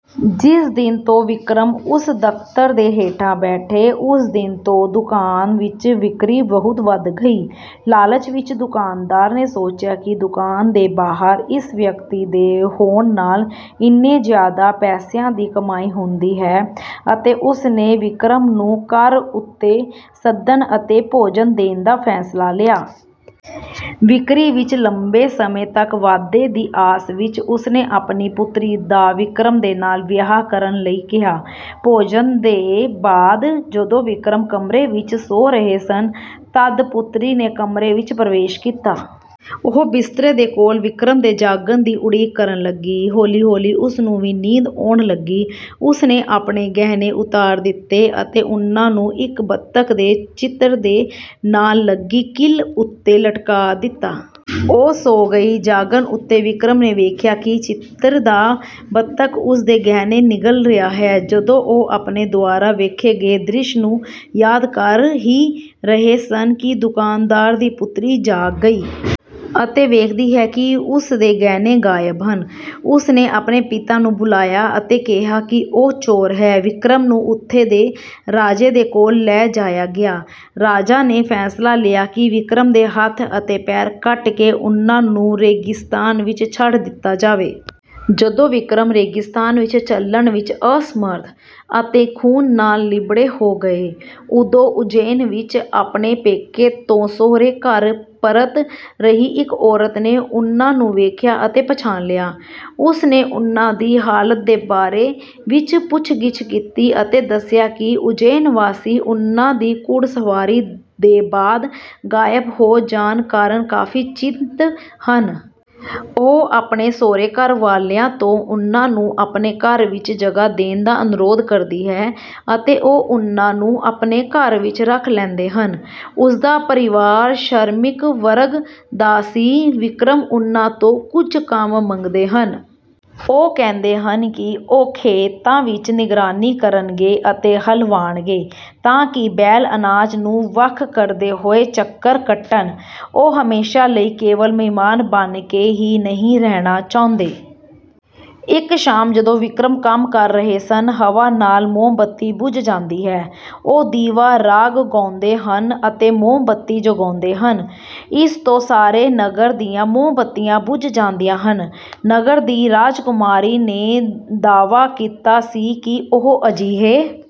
ਜਿਸ ਦਿਨ ਤੋਂ ਵਿਕਰਮ ਉਸ ਦਰਖਤ ਦੇ ਹੇਠਾਂ ਬੈਠੇ, ਉਸ ਦਿਨ ਤੋਂ ਦੁਕਾਨ ਵਿੱਚ ਵਿਕਰੀ ਬਹੁਤ ਵੱਧ ਗਈ। ਲਾਲਚ ਵਿੱਚ ਦੁਕਾਨਦਾਰ ਨੇ ਸੋਚਿਆ ਕਿ ਦੁਕਾਨ ਦੇ ਬਾਹਰ ਇਸ ਵਿਅਕਤੀ ਦੇ ਹੋਣ ਨਾਲ ਇੰਨੇ ਜ਼ਿਆਦਾ ਪੈਸਿਆਂ ਦੀ ਕਮਾਈ ਹੁੰਦੀ ਹੈ ਅਤੇ ਉਸਨੇ ਵਿਕਰਮ ਨੂੰ ਘਰ ਉੱਤੇ ਸੱਦਣ ਅਤੇ ਭੋਜਨ ਦੇਣ ਦਾ ਫ਼ੈਸਲਾ ਲਿਆ। ਵਿਕਰੀ ਵਿੱਚ ਲੰਬੇ ਸਮੇਂ ਤੱਕ ਵਾਧੇ ਦੀ ਆਸ ਵਿੱਚ, ਉਸਨੇ ਆਪਣੀ ਪੁਤਰੀ ਦਾ ਵਿਕਰਮ ਦੇ ਨਾਲ ਵਿਆਹ ਕਰਨ ਲਈ ਕਿਹਾ। ਭੋਜਨ ਦੇ ਬਾਅਦ ਜਦੋਂ ਵਿਕਰਮ ਕਮਰੇ ਵਿੱਚ ਸੌ ਰਹੇ ਸਨ, ਤਦ ਪੁਤਰੀ ਨੇ ਕਮਰੇ ਵਿੱਚ ਪ੍ਰਵੇਸ਼ ਕੀਤਾ। ਉਹ ਬਿਸਤਰੇ ਦੇ ਕੋਲ ਵਿਕਰਮ ਦੇ ਜਾਗਣ ਦੀ ਉਡੀਕ ਕਰਨ ਲੱਗੀ। ਹੌਲੀ-ਹੌਲੀ ਉਸ ਨੂੰ ਵੀ ਨੀਂਦ ਆਉਣ ਲੱਗੀ। ਉਸਨੇ ਆਪਣੇ ਗਹਿਣੇ ਉਤਾਰ ਦਿੱਤੇ ਅਤੇ ਉਨ੍ਹਾਂ ਨੂੰ ਇੱਕ ਬੱਤਖ ਦੇ ਚਿੱਤਰ ਦੇ ਨਾਲ ਲੱਗੀ ਕੀਲ ਉੱਤੇ ਲਟਕਾ ਦਿੱਤਾ। ਉਹ ਸੌ ਗਈ। ਜਾਗਣ ਉੱਤੇ ਵਿਕਰਮ ਨੇ ਵੇਖਿਆ ਕਿ ਚਿੱਤਰ ਦਾ ਬੱਤਖ ਉਸਦੇ ਗਹਿਣੇ ਨਿਗਲ ਰਿਹਾ ਹੈ। ਜਦੋਂ ਉਹ ਆਪਣੇ ਦੁਆਰਾ ਵੇਖੇ ਗਏ ਦ੍ਰਿਸ਼ ਨੂੰ ਯਾਦ ਕਰ ਹੀ ਰਹੇ ਸਨ ਕਿ ਦੁਕਾਨਦਾਰ ਦੀ ਪੁਤਰੀ ਜਾਗ ਗਈ। ਅਤੇ ਵੇਖਦੀ ਹੈ ਕਿ ਉਸਦੇ ਗਹਿਣੇ ਗਾਇਬ ਹਨ। ਉਸਨੇ ਆਪਣੇ ਪਿਤਾ ਨੂੰ ਬੁਲਾਇਆ ਅਤੇ ਕਿਹਾ ਕਿ ਉਹ ਚੋਰ ਹੈ। ਵਿਕਰਮ ਨੂੰ ਉੱਥੇ ਦੇ ਰਾਜੇ ਦੇ ਕੋਲ ਲੈ ਜਾਇਆ ਗਿਆ। ਰਾਜਾ ਨੇ ਫ਼ੈਸਲਾ ਲਿਆ ਕਿ ਵਿਕਰਮ ਦੇ ਹੱਥ ਅਤੇ ਪੈਰ ਕੱਟ ਕੇ ਉਨ੍ਹਾਂ ਨੂੰ ਰੇਗਿਸਤਾਨ ਵਿੱਚ ਛੱਡ ਦਿੱਤਾ ਜਾਵੇ। ਜਦੋਂ ਵਿਕਰਮ ਰੇਗਿਸਤਾਨ ਵਿੱਚ ਚੱਲਣ ਵਿੱਚ ਅਸਮਰਥ ਅਤੇ ਖੂਨ ਨਾਲ ਲਿਬੜੇ ਹੋ ਗਏ, ਉਦੋਂ ਉੱਜੈਨ ਵਿੱਚ ਆਪਣੇ ਪੇਕੇ ਤੋਂ ਸਹੁਰਾ-ਘਰ ਪਰਤ ਰਹੀ ਇੱਕ ਔਰਤ ਨੇ ਉਨ੍ਹਾਂ ਨੂੰ ਵੇਖਿਆ ਅਤੇ ਪਛਾਣ ਲਿਆ। ਉਸਨੇ ਉਨ੍ਹਾਂ ਦੀ ਹਾਲਤ ਦੇ ਬਾਰੇ ਵਿੱਚ ਪੁੱਛਗਿੱਛ ਕੀਤੀ ਅਤੇ ਦੱਸਿਆ ਕਿ ਉੱਜੈਨਵਾਸੀ ਉਨ੍ਹਾਂ ਦੀ ਘੁੜਸਵਾਰੀ ਦੇ ਬਾਅਦ ਗਾਇਬ ਹੋ ਜਾਣ ਕਾਰਨ ਕਾਫ਼ੀ ਚਿੰਤ ਹਨ। ਉਹ ਆਪਣੇ ਸਹੁਰਾ-ਘਰ ਵਾਲਿਆਂ ਤੋਂ ਉਨ੍ਹਾਂ ਨੂੰ ਆਪਣੇ ਘਰ ਵਿੱਚ ਜਗ੍ਹਾ ਦੇਣ ਦਾ ਅਨੁਰੋਧ ਕਰਦੀ ਹੈ ਅਤੇ ਉਹ ਉਨ੍ਹਾਂ ਨੂੰ ਆਪਣੇ ਘਰ ਵਿੱਚ ਰੱਖ ਲੈਂਦੇ ਹਨ। ਉਸਦਾ ਪਰਿਵਾਰ ਸ਼ਰਮਿਕ ਵਰਗ ਦਾ ਸੀ। ਵਿਕਰਮ ਉਨ੍ਹਾਂ ਤੋਂ ਕੁਝ ਕੰਮ ਮੰਗਦੇ ਹਨ। ਉਹ ਕਹਿੰਦੇ ਹਨ ਕਿ ਉਹ ਖੇਤਾਂ ਵਿੱਚ ਨਿਗਰਾਨੀ ਕਰਨਗੇ ਅਤੇ ਹਲ ਵਾਹਣਗੇ ਤਾਂ ਕਿ ਬੈਲ ਅਨਾਜ ਨੂੰ ਵੱਖ ਕਰਦੇ ਹੋਏ ਚੱਕਰ ਕੱਟਣ। ਉਹ ਹਮੇਸ਼ਾ ਲਈ ਕੇਵਲ ਮਹਿਮਾਨ ਬਣ ਕੇ ਹੀ ਨਹੀਂ ਰਹਿਣਾ ਚਾਹੁੰਦੇ। ਇੱਕ ਸ਼ਾਮ ਜਦੋਂ ਵਿਕਰਮ ਕੰਮ ਕਰ ਰਹੇ ਸਨ, ਹਵਾ ਨਾਲ ਮੋਮਬੱਤੀ ਬੁਝ ਜਾਂਦੀ ਹੈ। ਉਹ ਦੀਵਾ ਰਾਗ ਗਾਉਂਦੇ ਹਨ ਅਤੇ ਮੋਮਬੱਤੀ ਜਗਾਉਂਦੇ ਹਨ। ਇਸ ਤੋਂ ਸਾਰੇ ਨਗਰ ਦੀਆਂ ਮੋਮਬੱਤੀਆਂ ਬੁਝ ਜਾਂਦੀਆਂ ਹਨ। ਨਗਰ ਦੀ ਰਾਜਕੁਮਾਰੀ ਨੇ ਦਾਅਵਾ ਕੀਤਾ ਸੀ ਕਿ ਉਹ ਅਜਿਹੇ